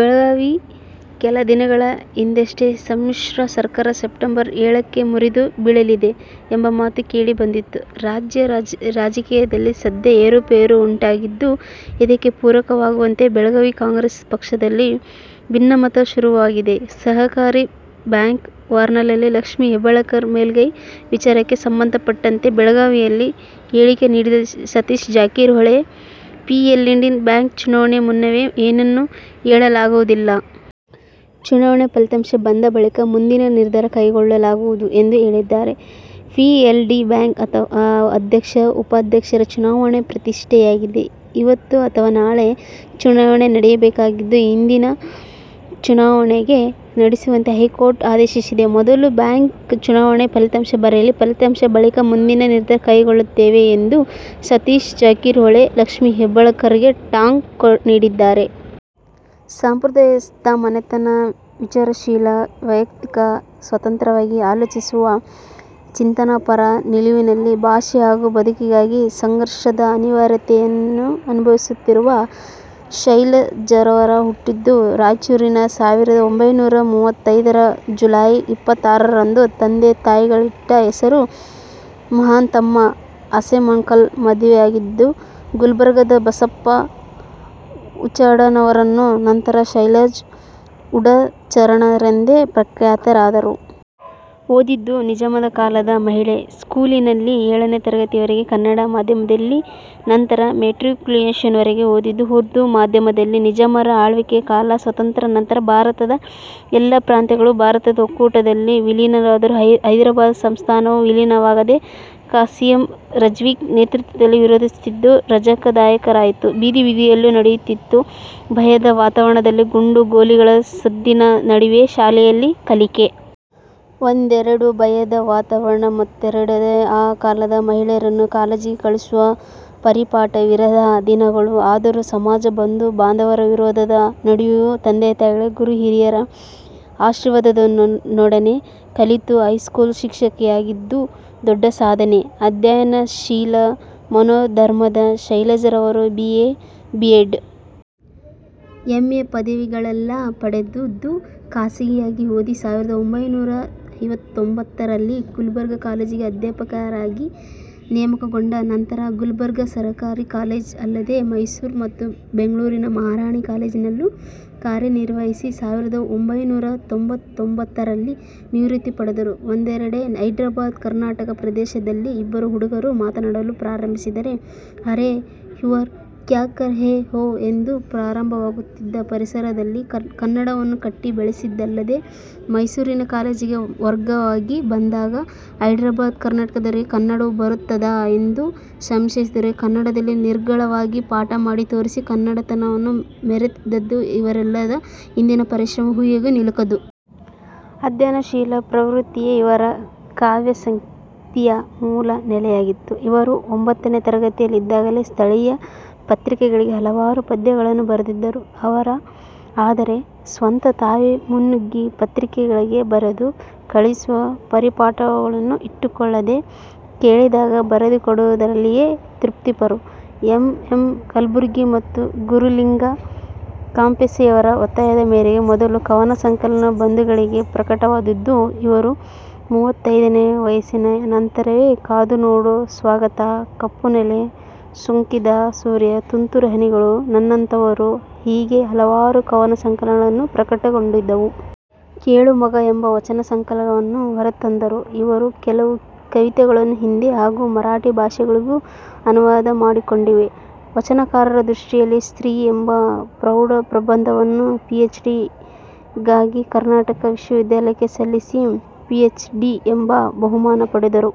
ಬೆಳಗಾವಿ: ಕೆಲ ದಿನಗಳ ಹಿಂದಷ್ಟೇ ಸಮ್ಮಿಶ್ರ ಸರ್ಕಾರ ಸೆಪ್ಟೆಂಬರ್ ಏಳಕ್ಕೆ ಮುರಿದು ಬೀಳಲಿದೆ ಎಂಬ ಮಾತು ಕೇಳಿಬಂದಿತ್ತು. ರಾಜ್ಯ ರಾಜಕೀಯದಲ್ಲಿ ಸದ್ಯ ಏರುಪೇರು ಉಂಟಾಗಿದ್ದು, ಇದಕ್ಕೆ ಪೂರಕವಾಗುವಂತೆ ಬೆಳಗಾವಿ ಕಾಂಗ್ರೆಸ್ ಪಕ್ಷದಲ್ಲಿ ಭಿನ್ನಮತ ಶುರುವಾಗಿದೆ. ಸಹಕಾರಿ ಬ್ಯಾಂಕ್ ವಾರ್ನಲ್ಲಿ ಲಕ್ಷ್ಮಿ ಹೆಬ್ಬಾಳ್ಕರ್ ಮೇಲುಗೈ ವಿಚಾರಕ್ಕೆ ಸಂಬಂಧಪಟ್ಟಂತೆ ಬೆಳಗಾವಿಯಲ್ಲಿ ಹೇಳಿಕೆ ನೀಡಿದ ಸತೀಶ್ ಜಾರಕಿಹೊಳಿ, ಪಿಎಲ್ಡಿ ಬ್ಯಾಂಕ್ ಚುನಾವಣೆ ಮುನ್ನವೇ ಏನನ್ನು ಹೇಳಲಾಗುವುದಿಲ್ಲ. ಚುನಾವಣೆ ಫಲಿತಾಂಶ ಬಂದ ಬಳಿಕ ಮುಂದಿನ ನಿರ್ಧಾರ ಕೈಗೊಳ್ಳಲಾಗುವುದು ಎಂದು ಹೇಳಿದ್ದಾರೆ. ಪಿಎಲ್ಡಿ ಬ್ಯಾಂಕ್ ಅಧ್ಯಕ್ಷ, ಉಪಾಧ್ಯಕ್ಷರ ಚುನಾವಣೆ ಪ್ರತಿಷ್ಠೆಯಾಗಿದೆ. ಇವತ್ತು ಅಥವಾ ನಾಳೆ ಚುನಾವಣೆ ನಡೆಯಬೇಕಾಗಿತ್ತು. ಇದೀಗ ಚುನಾವಣೆ ನಡೆಸುವಂತೆ ಹೈಕೋರ್ಟ್ ಆದೇಶಿಸಿದೆ. ಮೊದಲು ಬ್ಯಾಂಕ್ ಚುನಾವಣೆ ಫಲಿತಾಂಶ ಬರಲಿ. ಫಲಿತಾಂಶ ಬಳಿಕ ಮುಂದಿನ ನಿರ್ಧಾರ ತೆಗೆದುಕೊಳ್ಳುತ್ತೇವೆ ಎಂದು ಸತೀಶ್ ಜಾರಕಿಹೊಳಿ, ಲಕ್ಷ್ಮಿ ಹೆಬ್ಬಾಳ್ಕರ್ಗೆ ಟಾಂಗ್ ನೀಡಿದ್ದಾರೆ. ಸಂಪ್ರದಾಯಸ್ಥ ಮನೆತನ, ವಿಚಾರಶೀಲ ವ್ಯಕ್ತಿತ್ವ, ಸ್ವತಂತ್ರವಾಗಿ ಆಲೋಚಿಸುವ, ಚಿಂತನ ಪರ ನಿಲುವಿನಲ್ಲಿ ಭಾಷೆ ಹಾಗೂ ಬದುಕಿಗಾಗಿ ಸಂಘರ್ಷದ ಅನಿವಾರ್ಯತೆಯನ್ನನುಭವಿಸುತ್ತಿದ್ದ ಶೈಲಜಾರವರು ಹುಟ್ಟಿದ್ದು ರಾಯಚೂರಿನಲ್ಲಿ ಸಾವಿರದ ಒಂಭೈನೂರ ಮೂವತ್ತೈದರ ಜುಲೈ ಇಪ್ಪತ್ತಾರರಂದು. ತಂದೆ ತಾಯಿಗಳಿಟ್ಟ ಹೆಸರು ಮಹಾಂತಮ್ಮ ಹಸಮಕಲ್. ಮದುವೆಯಾದದ್ದು ಗುಲಬರ್ಗದ ಬಸವಣ್ಣಪ್ಪ ಉಡಚಣರವನ್ನು, ನಂತರ ಶೈಲಜಾ ಉಡಚಣರೆಂದೇ ಪ್ರಖ್ಯಾತರಾದರು. ಓದಿದ್ದು ನಿಜಾಮದ ಕಾಲದ ಮಹಿಳಾ ಸ್ಕೂಲಿನಲ್ಲಿ ಏಳನೆಯ ತರಗತಿಯವರೆಗೆ ಕನ್ನಡ ಮಾಧ್ಯಮದಲ್ಲಿ. ನಂತರ ಮೆಟ್ರಿಕ್ಯುಲೇಷನ್ವರೆಗೆ ಓದಿದ್ದು ಉರ್ದು ಮಾಧ್ಯಮದಲ್ಲಿ. ನಿಜಾಮರ ಆಳ್ವಿಕೆಯ ಕಾಲ. ಸ್ವಾತಂತ್ಯ್ರಾ ನಂತರ ಭಾರತದ ಎಲ್ಲ ಪ್ರಾಂತ್ಯಗಳೂ ಭಾರತದ ಒಕ್ಕೂಟದಲ್ಲಿ ವಿಲೀನವಾದರೂ ಹೈದರಾಬಾದ್ ಸಂಸ್ಥಾನವು ವಿಲೀನವಾಗದೆ ಕಾಸಿಮ್ ರಜ್ವಿ ನೇತೃತ್ವದಲ್ಲಿ ವಿರೋಧಿಸುತ್ತಿದ್ದು, ರಜಾಕರದಾಯಿತು ಬೀದಿಬೀದಿಯಲ್ಲಿಯೂ ನಡೆಯುತ್ತಿದ್ದು ಭಯದ ವಾತಾವರಣದಲ್ಲಿ ಗುಂಡು, ಗೋಲಿಗಳ ಸದ್ದಿನ ನಡುವೆಯೇ ಶಾಲೆಯಲ್ಲಿ ಕಲಿಕೆ. ಒಂದೆಡೆ ಭಯದ ವಾತಾವರಣ, ಮತ್ತೊಂದೆಡೆ ಆ ಕಾಲದಲ್ಲಿ ಮಹಿಳೆಯರನ್ನೂ ಕಾಲೇಜಿಗೆ ಕಳುಹಿಸುವ ಪರಿಪಾಠವಿರದ ದಿನಗಳು. ಆದರೂ ಸಮಾಜ, ಬಂಧು ಬಾಂಧವರ ವಿರೋಧದ ನಡುವೆಯೂ, ತಂದೆತಾಯಿಗಳ, ಗುರುಹಿರಿಯರ ಆಶೀರ್ವಾದದೊಡನೆ ಕಲಿತು ಹೈಸ್ಕೂಲು ಶಿಕ್ಷಕಿಯಾದದ್ದು ದೊಡ್ಡ ಸಾಧನೆಯೆ. ಅಧ್ಯಯನ ಶೀಲ ಮನೋಧರ್ಮದ ಶೈಲಜಾರವರು B. A., B. Ed., M. A. ಪದವಿಗಳನ್ನೆಲ್ಲಾ ಪಡೆದದ್ದು ಖಾಸಗಿಯಾಗಿ ಓದಿ. ಸಾವಿರದ ಒಂಭೈನೂರ ಐವತ್ತೊಂಬತ್ತರಲ್ಲಿ ಗುಲಬರ್ಗಾ ಕಾಲೇಜಿಗೆ ಅಧ್ಯಾಪಕಿಯಾಗಿ ನೇಮಕಗೊಂಡ ನಂತರ ಗುಲಬರ್ಗಾ ಸರಕಾರಿ ಕಾಲೇಜ್ ಅಲ್ಲದೆ ಮೈಸೂರು ಮತ್ತು ಬೆಂಗಳೂರಿನ ಮಹಾರಾಣಿ ಕಾಲೇಜಿನಲ್ಲಿಯೂ ಕಾರ್ಯನಿರ್ವಹಿಸಿ ಸಾವಿರದ ಒಂಭೈನೂರ ತೊಂಬತ್ತೊಂದರಲ್ಲಿ ನಿವೃತ್ತಿ ಪಡೆದರು. ಒಂದೆಡೆ ಹೈದರಾಬಾದ್ ಕರ್ನಾಟಕ ಪ್ರದೇಶದಲ್ಲಿ ಇಬ್ಬರು ಹುಡುಗರು ಮಾತನಾಡಲು ಪ್ರಾರಂಭಿಸಿದರೆ 'ಅರೆ, ಯೂರ್, ಕ್ಯಾಕರ್ ರಹೆ ಹೋ' ಎಂದೇ ಪ್ರಾರಂಭವಾಗುತ್ತಿದ್ದ ಪರಿಸರದಲ್ಲಿ ಕನ್ನಡವನ್ನೂ ಕಟ್ಟಿ ಬೆಳೆಸಿದ್ದಲ್ಲದೆ, ಮೈಸೂರಿನ ಕಾಲೇಜಿಗೆ ವರ್ಗವಾಗಿ ಬಂದಾಗ ಹೈದರಾಬಾದ್ ಕರ್ನಾಟಕದವರಿಗೆ ಕನ್ನಡವೂ ಬರುತ್ತದಾ ಎಂದು ಸಂಶಯಿಸಿದವರಿಗೆ ಕನ್ನಡದಲ್ಲಿ ನಿರರ್ಗಳವಾಗಿ ಪಾಠ ಮಾಡಿ ತೋರಿಸಿ ಕನ್ನಡತನ ಮೆರೆದದ್ದು, ಇವೆಲ್ಲದರ ಹಿಂದಿನ ಶ್ರಮ ಊಹೆಗೂ ನಿಲುಕದ್ದು. ಅಧ್ಯಯನ ಶೀಲ ಪ್ರವೃತ್ತಿಯೇ ಇವರ ಕಾವ್ಯಾಸಕ್ತಿಯ ಮೂಲ ನೆಲೆಯಾಗಿತ್ತು. ಇವರು ಒಂಬತ್ತನೆಯ ತರಗತಿಯಲ್ಲಿದ್ದಾಗಲೇ ಸ್ಥಳೀಯ ಪತ್ರಿಕೆಗಳಿಗೆ ಹಲವಾರು ಪದ್ಯಗಳನ್ನೂ ಬರೆದಿದ್ದರು. ಆದರೆ ಸ್ವತಃ ತಾವೇ ಮುನ್ನುಗ್ಗಿ ಪತ್ರಿಕೆಗಳಿಗೆ ಬರೆದು ಕಳುಹಿಸುವ ಪರಿಪಾಠವನ್ನೂ ಇಟ್ಟುಕೊಳ್ಳದೆ, ಕೇಳಿದಾಗ ಬರೆದುಕೊಡುವುದರಲ್ಲಿಯೇ ತೃಪ್ತರು. ಎಂ.ಎಂ.ಕಲಬುರ್ಗಿ ಮತ್ತು ಗುರುಲಿಂಗ ಕಾಪಸೆಯವರ ಒತ್ತಾಯದ ಮೇರೆಗೆ ಮೊದಲ ಕವನ ಸಂಕಲನ 'ಬಂಧುಗಳಿಗೆ' ಪ್ರಕಟವಾದುದು ಇವರ ಮೂವತ್ತೈದನೆಯ ವಯಸ್ಸಿನ ನಂತರವೇ 'ಕಾದುನೋಡು' 'ಸ್ವಗತ', 'ಕಪ್ಪುನೆಲ ಸೊಕ್ಕಿದ ಸೂರ್ಯ', 'ತುಂತುರು ಹನಿಗಳು', 'ನನ್ನಂಥವರು' ಹೀಗೆ ಹಲವಾರು ಕವನ ಸಂಕಲನಗಳು ಪ್ರಕಟಗೊಂಡವು. 'ಕೇಳು ಮಗಾ' ಎಂಬ ವಚನ ಸಂಕಲನವನ್ನು ಹೊರತಂದರು. ಇವರ ಕೆಲವು ಕವಿತೆಗಳು ಹಿಂದಿ ಹಾಗೂ ಮರಾಠಿ ಭಾಷೆಗೂ ಅನುವಾದಗೊಂಡಿವೆ. 'ವಚನಕಾರರ ದೃಷ್ಟಿಯಲ್ಲಿ ಸ್ತ್ರೀ' ಎಂಬ ಪ್ರೌಢಪ್ರಬಂಧವನ್ನು ಪಿಎಚ್. ಡಿ. ಗಾಗಿ ಕರ್ನಾಟಕ ವಿಶ್ವವಿದ್ಯಾಲಯಕ್ಕೆ ಸಲ್ಲಿಸಿ ಪಿಎಚ್. ಡಿ. ಮತ್ತು ಬಹುಮಾನ ಪಡೆದರು.